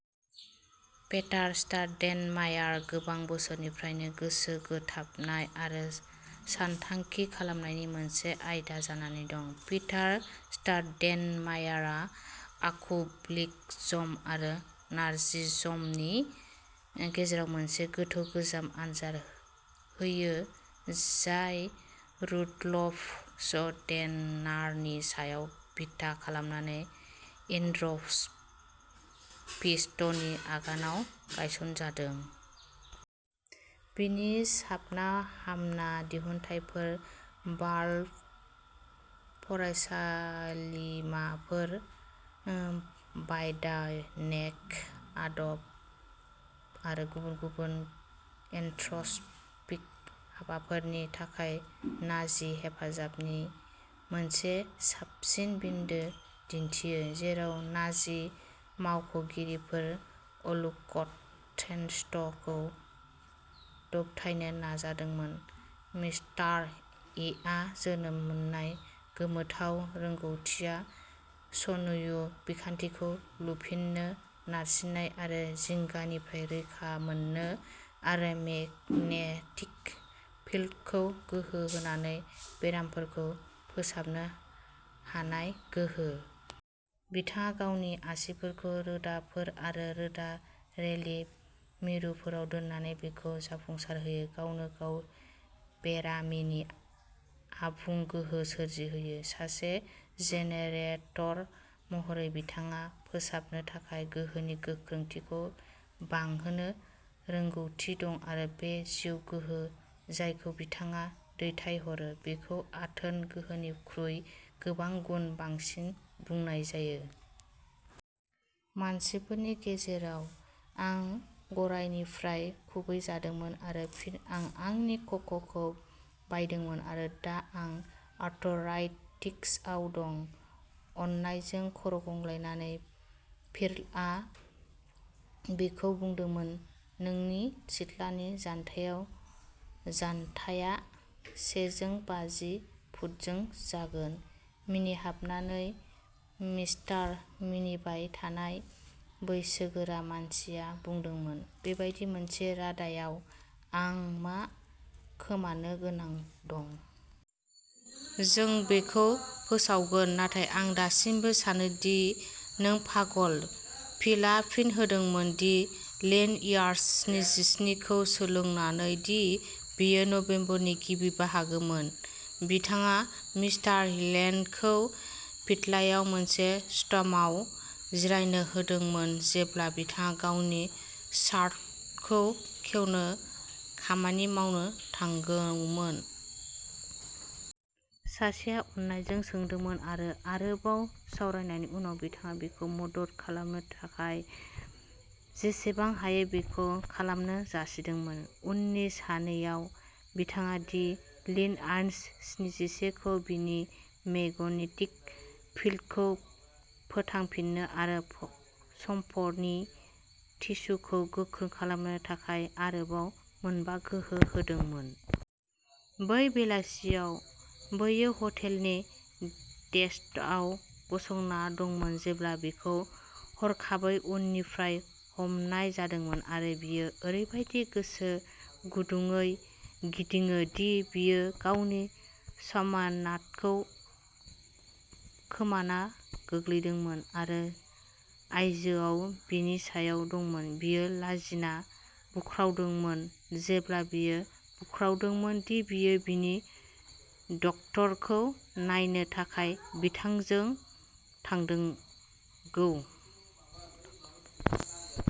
Peter स्टाउडेनमायारआ गोबां बोसोरनिफ्रायनो गोसो बोगथाबनाय आरो सानथांखि खालामनायनि मोनसे आयदा जानानै दं। पिटार स्टाउडेनमायारआ अकुल्टिज्म आरो नाजिज्मनि गेजेराव मोनसे गोथौ गोजाम आनजाद होयो, जाय रुडलफ स्टेइनारनि सायाव बिथा खालामनानै एन्थ्रप'स'फिस्टनि आगानआव गायसनजादों। बेनि साबना-हामना दिहुनथायफोरा वाल्डर्फ फरायसालिमाफोर, बाय'डायनेमिक आदब आरो गुबुन गुबुन एन्थ्रप'स'फिस्ट हाबाफोरनि थाखाय नाजि हेफाजाबनि मोनसे साबसिन बिन्दो दिन्थियो, जेराव नाजि मावख'गिरिफोरा अकुल्ट ट्रेन्ड्सखौ दबथायनो नाजादोंमोन। मिस्टार एआ जोनोम मोननाय गोमोथाव रोंग'थिआ स्नायु बिखान्थिखौ लुफिननो, नारसिननाय आरो जिंगानिफ्राय रैखा मोननो आरो मेगनेटिक फिल्डखौ गोहो होनानै बेरामफोरखौ फोसाबनो हानाय गोहो। बिथाङा गावनि आसिफोरखौ रोदाफोर आरो रोदा रिले मिरुफोराव दोननानै बेखौ जाफुंसारहोयो, गावनो-गाव बेरामिनि आबुं गोहो सोमजिहोयो। सासे जेनेरेटर महरै बिथाङा फोसाबनो थाखाय गोहोनि गोख्रोंथिखौ बांहोनो रोंग'थि दं आरो बे जिउ गोहो जायखौ बिथाङा दैथायहरो, बेखौ आथोन गोहोनिख्रुइ गोबां गुन बांसिन बुंनाय जायो। मानसिफोरनि गेजेराव। आं गरायनिफ्राय खुबैजादोंमोन आरो फिन आं आंनि खख'खौ बायदोंमोन आरो दा आं आर्थराइटिसआव दं। "अननायजों खर'गंग्लायनानै, फिलआ बिखौ बुंदोंमोन," नोंनि सिथ्लानि जान्थायाव जान्थाया सेजौ बाजि फुटसो जागोन। "मिनिहाबनानै, मिस्टार" मिनिबाय थानाय, बैसोगोरा मानसिया बुंदोंमोन, "बेबादि मोनसे रादायाव, आं मा खोमानो गोनां दं? जों बेखौ फोसावगोन, नाथाय आं दासिमबो सानो दि नों पागल।" फिलआ फिन होदोंमोन। "दि लीन इयार्स स्निजिस्नि खौ सोलोंनानै दि बेयो नबेम्बरनि गिबि बाहागोमोन, बिथाङा मिस्टार लेनडखौ सिथ्लायाव मोनसे स्टाम्पआव जिरायनो होदोंमोन जेब्ला बिथाङा गावनि सार्किटखौ खेवनो खामानि मावनो थांगोंमोन। सासेया अननायजों सोंदोंमोन आरो आरोबाव सावरायनायनि उनाव बिथाङा बिखौ मदद खालामनो थाखाय जेसेबां हायो बेखौ खालामनो जासिदोंमोन।" उननि साननैआव बिथाङा दि लीन इयार्स स्निजिसे खौ बिनि मेगनेटिक फिल्डखौ फोथांफिन्नो आरो संफ्लनि टिस्युखौ गोख्रों खालामनो थाखाय आरोबाव मोनबा गोहो होदोंमोन। बै बेलासियाव। बियो हटेलनि डेस्कआव गसंना दंमोन जेब्ला बिखौ हरखाबै उननिफ्राय हमनाय जादोंमोन आरो बियो ओरैबादि गोसो गुदुंयै गिदिङो दि बियो गावनि सामानाथखौ खोमाना गोग्लैदोंमोन, आरो आयजोआ बिनि सायाव दंमोन। "बियो लाजिना बुख्रावदोंमोन, जेब्ला बियो बुख्रावदोंमोन दि बियो बिनि डक्टरखौ नायनो थाखाय बिथांजों थांदों गौ।